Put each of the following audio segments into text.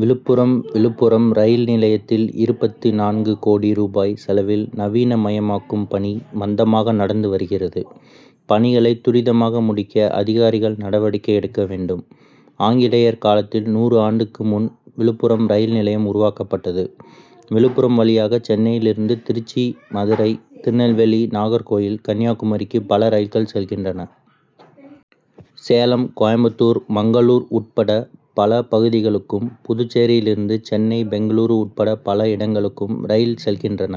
Villupuram Villupuram rail நிலையத்தில் இருபத்து நான்கு கோடி ரூபாய் செலவில் நவீன மயமாக்கும் பணி மந்தமாக நடந்து வருகிறது. பணிகளை துரிதமாக முடிக்க அதிகாரிகள் நடவடிக்கை எடுக்க வேண்டும். ஆங்கிலேயர் காலத்தில் நூறு ஆண்டுகளுக்கு முன் விழுப்புரம் ரயில் நிலையம் உருவாக்கப்பட்டது. விழுப்புரம் வழியாக சென்னையிலிருந்து திருச்சி மதுரை திருநெல்வேலி நாகர் கோவில் கன்னியாகுமரிக்கு பல ரயில்கள் செல்கின்றன. சேலம் கோயம்புத்தூர் மங்களூர் உட்பட பல பகுதிகளுக்கும் புதுச்சேரியிலிருந்து சென்னை பெங்களூரு உட்பட பல இடங்களுக்கும் ரயில்கள் செல்கின்றன.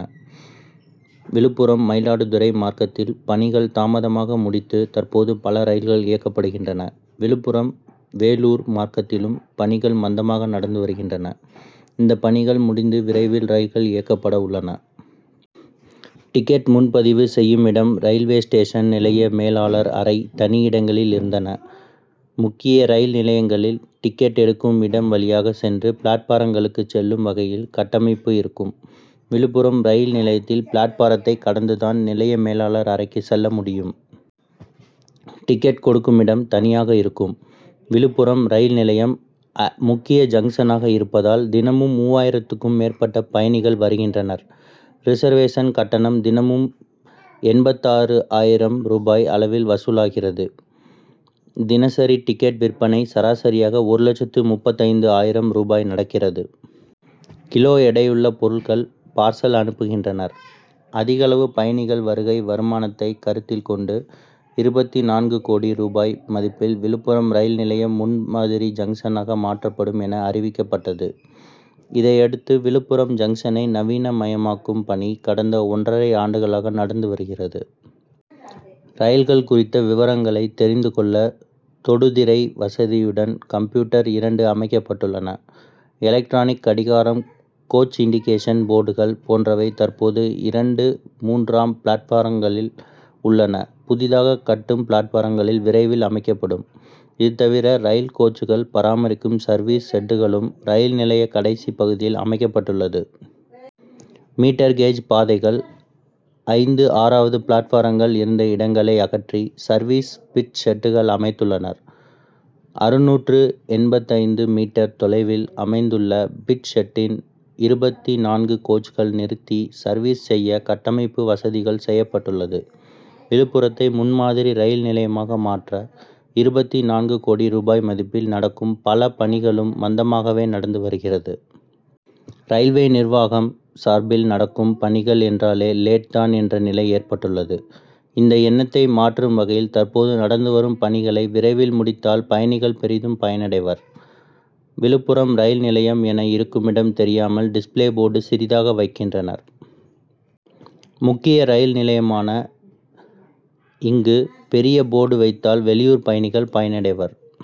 விழுப்புரம் மயிலாடுதுறை மார்க்கத்தில் பணிகள் தாமதமாக முடித்து தற்போது பல ரயில்கள் இயக்கப்படுகின்றன. விழுப்புரம் வேலூர் மார்க்கத்திலும் பணிகள் மந்தமாக நடந்து வருகின்றன. இந்த பணிகள் முடிந்து விரைவில் ரயில்கள் இயக்கப்பட உள்ளன. டிக்கெட் முன்பதிவு செய்யுமிடம் ரயில்வே ஸ்டேஷன் நிலைய மேலாளர் அறை தனி இடங்களில் இருந்தன. முக்கிய ரயில் நிலையங்களின் டிக்கெட் எடுக்கும் இடம் வழியாக சென்று பிளாட்பாரங்களுக்கு செல்லும் வகையில் கட்டமைப்பு இருக்கும். விழுப்புரம் ரயில் நிலையத்தில் பிளாட்பாரத்தை கடந்து தான் நிலைய மேலாளர் அறைக்கு செல்ல முடியும். டிக்கெட் கொடுக்குமிடம் தனியாக இருக்கும். விழுப்புரம் ரயில் நிலையம் முக்கிய ஜங்ஷனாக இருப்பதால் தினமும் மூவாயிரத்திற்கும் மேற்பட்ட பயணிகள் வருகின்றனர். ரிசர்வேஷன் கட்டணம் தினமும் எண்பத்தாறு ஆயிரம் ரூபாய் அளவில் வசூலாகிறது. தினசரி டிக்கெட் விற்பனை சராசரியாக ஒரு லட்சத்து முப்பத்தைந்து ஆயிரம் ரூபாய் நடக்கிறது. கிலோ எடையுள்ள பொருட்கள் பார்சல் அனுப்புகின்றனர். அதிகளவு பயணிகள் வருகை வருமானத்தை கருத்தில் கொண்டு இருபத்து நான்கு கோடி ரூபாய் மதிப்பில் விழுப்புரம் ரயில் நிலையம் முன்மாதிரி ஜங்ஷனாக மாற்றப்படும் என அறிவிக்கப்பட்டது. இதையடுத்து விழுப்புரம் ஜங்ஷனை நவீன மயமாக்கும் பணி கடந்த ஒன்னரை ஆண்டுகளாக நடந்து வருகிறது. ரயில்கள் குறித்த விவரங்களை தெரிந்து கொள்ள தொடுதிரை வசதியுடன் கம்ப்யூட்டர் இரண்டு அமைக்கப்பட்டுள்ளன. எலக்ட்ரானிக் கடிகாரம் கோச் இன்டிகேஷன் போர்டுகள் போன்றவை தற்போது இரண்டு மூன்றாம் பிளாட்பாரங்களில் உள்ளன. புதிதாக கட்டும் பிளாட்பாரங்களில் விரைவில் அமைக்கப்படும். இது தவிர ரயில் கோச்சுகள் பராமரிக்கும் சர்வீஸ் ஷெட்களும் ரயில் நிலைய கடைசி பகுதியில் அமைக்கப்பட்டுள்ளது. மீட்டர் கேஜ் பாதைகள் ஐந்து ஆறாவது பிளாட்பாரங்கள் இருந்த இடங்களை அகற்றி சர்வீஸ் பிட் ஷெட்கள் அமைத்துள்ளனர். அறுநூற்று எண்பத்தைந்து மீட்டர் தொலைவில் அமைத்துள்ள பிட் ஷெட்டில் இருபத்து நான்கு கோச்சுகள் நிறுத்தி சர்வீஸ் செய்ய கட்டமைப்பு வசதிகள் செய்யப்பட்டுள்ளது. விழுப்புரத்தை முன்மாதிரி ரயில் நிலையமாக மாற்ற இருபத்து நான்கு கோடி ரூபாய் மதிப்பில் நடக்கும் பல பணிகளும் மந்தமாகவே நடந்து வருகிறது. ரயில்வே நிர்வாகம் சார்பில் நடக்கும் பணிகள் என்றாலே லேட் தான் என்ற நிலை ஏற்பட்டுள்ளது. இந்த எண்ணத்தை மாற்றும் வகையில் தற்போது நடந்து வரும் பணிகளை விரைவில் முடித்தால் பயணிகள் பெரிதும் பயனடைவர். விழுப்புரம் ரயில் நிலையம் என இருக்குமிடம் தெரியாமல் டிஸ்பிளே போர்டு சிறிதாக வைக்கின்றனர். முக்கிய ரயில் நிலையமான இங்கு பெரிய போர்டு வைத்தால் வெளியூர் பயணிகள் பயனடைவர்.